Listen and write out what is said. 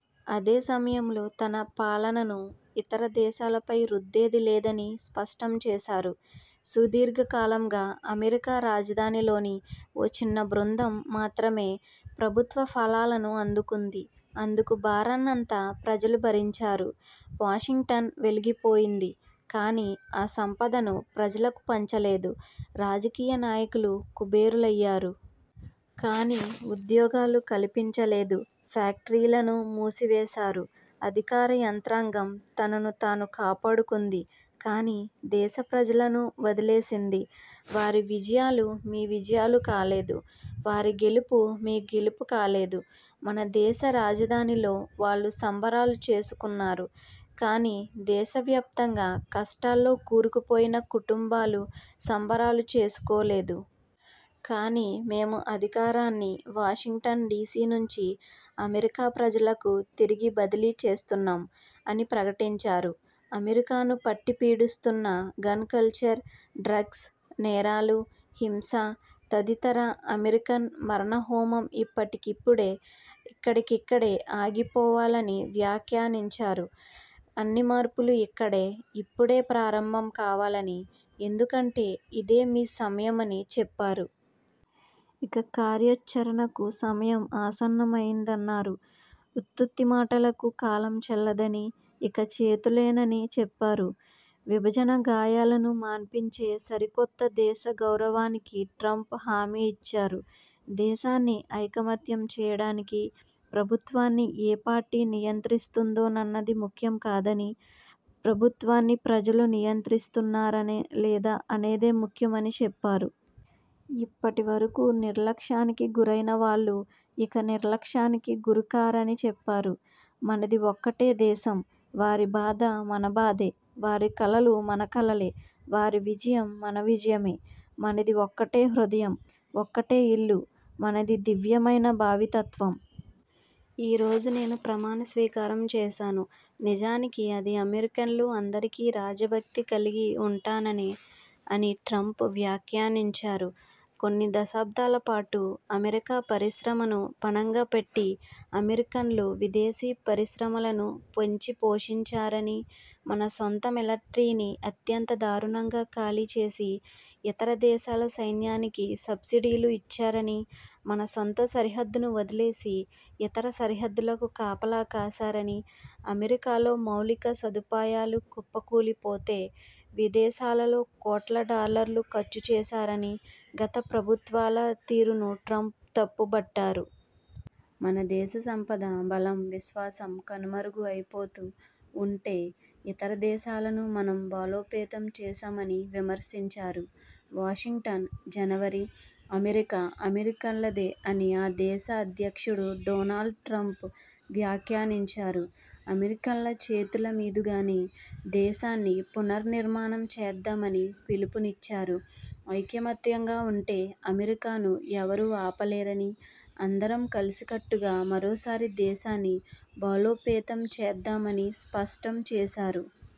అదే సమయంలో, తన పాలనను ఇతర దేశాలపై రుద్దేది లేదని స్పష్టం చేశారు. ''సుదీర్ఘకాలంగా, అమెరికా రాజధానిలోని ఓ చిన్న బృందం మాత్రమే ప్రభుత్వ ఫలాలను అందుకుంది. అందుకు భారాన్నంతా ప్రజలు భరించారు. వాషింగ్టన్ వెలిగిపోయింది. కానీ, ఆ సంపదను ప్రజలకు పంచలేదు. రాజకీయ నాయకులు కుబేరులయ్యారు. కానీ, ఉద్యోగాలు కల్పించలేదు. ఫ్యాక్టరీలను మూసివేశారు. అధికార యంత్రాంగం తనను తాను కాపాడుకుంది. కానీ, దేశ ప్రజలను వదిలేసింది. వారి విజయాలు మీ విజయాలు కాలేదు. వారి గెలుపు మీ గెలుపు కాలేదు. మన దేశ రాజధానిలో వాళ్లు సంబరాలు చేసుకున్నారు. కానీ, దేశవ్యాప్తంగా కష్టాల్లో కూరుకుపోయిన కుటుంబాలు సంబరాలు చేసుకోలేదు. కానీ, మేం అధికారాన్ని వాషింగ్టన్ డీసీ నుంచి అమెరికా ప్రజలకు తిరిగి బదిలీ చేస్తున్నాం'' అని ప్రకటించారు. అమెరికాను పట్టి పీడిస్తున్న గన్ కల్చర్, డ్రగ్స్, నేరాలు, హింస తదితర అమెరికన్ మారణహోమం ఇప్పటికిప్పుడే, ఇక్కడికక్కడే ఆగిపోవాలని వ్యాఖ్యానించారు. అన్ని మార్పులు ఇక్కడే, ఇప్పుడే ప్రారంభం కావాలని, ఎందుకంటే, ఇది మీ సమయమని చెప్పారు. ఇక కార్యాచరణకు సమయం ఆసన్నమైందన్నారు. ఉత్తుత్తి మాటలకు కాలం చెల్లిందని, ఇక చేతలేనని చెప్పారు. విభజన గాయాలను మాన్పించే సరికొత్త దేశ గౌరవానికి ట్రంప్ హామీ ఇచ్చారు. దేశాన్ని ఐకమత్యం చేయడానికి ప్రభుత్వాన్ని ఏ పార్టీ నియంత్రిస్తోందన్నది ముఖ్యం కాదని, ప్రభుత్వాన్ని ప్రజలు నియంత్రిస్తున్నారా లేదా అన్నదే ముఖ్యమని చెప్పారు. ఇప్పటి వరకూ నిర్లక్ష్యానికి గురైన వాళ్లు ఇక నిర్లక్ష్యానికి గురి కారని చెప్పారు. ''మనది ఒకటే దేశం. వారి బాధ మన బాధే. వారి కలలు మన కలలే. వారి విజయం మన విజయమే. మనది ఒకటే హృదయం. ఒకటే ఇల్లు. మనది దివ్యమైన భవితవ్యం. ఈరోజు నేను ప్రమాణ స్వీకారం చేశాను. నిజానికి అది అమెరికన్లు అందరికీ రాజభక్తి కలిగి ఉంటాననే'' అని ట్రంప్ వ్యాఖ్యానించారు. కొన్ని దశాబ్దాలపాటు అమెరికా పరిశ్రమను పణంగా పెట్టి అమెరికన్లు విదేశీ పరిశ్రమలను పెంచిపోషించారని, మన సొంత మిలటరీని అత్యంత దారుణంగా ఖాళీ చేసి, ఇతర దేశాల సైన్యానికి సబ్సిడీలు ఇచ్చారని, మన సొంత సరిహద్దును వదిలేసి ఇతర సరిహద్దులకు కాపలా కాశారని, అమెరికాలో మౌలిక సదుపాయాలు కుప్పకూలిపోతే, విదేశాల్లో కోట్ల డాలర్లు ఖర్చు చేశారని గత ప్రభుత్వాల తీరును ట్రంప్ తప్పుబట్టారు. మన దేశ సంపద, బలం, విశ్వాసం కనుమరుగు అయిపోతూ ఉంటే ఇతర దేశాలను మనం బలోపేతం చేశామని విమర్శించారు. వాషింగ్టన్, జనవరి: అమెరికా అమెరికన్లదే అని ఆ దేశ అధ్యక్షుడు డొనాల్డ్ ట్రంప్ వ్యాఖ్యానించారు. అమెరికన్ల చేతుల మీదుగానే దేశాన్ని పునర్నిర్మాణం చేద్దామని పిలుపునిచ్చారు. ఐకమత్యంగా ఉంటే అమెరికాను ఎవరూ ఆపలేరని, అందరం కలిసికట్టుగా మరోసారి దేశాన్ని బలోపేతం చేద్దామని స్పష్టం చేశారు.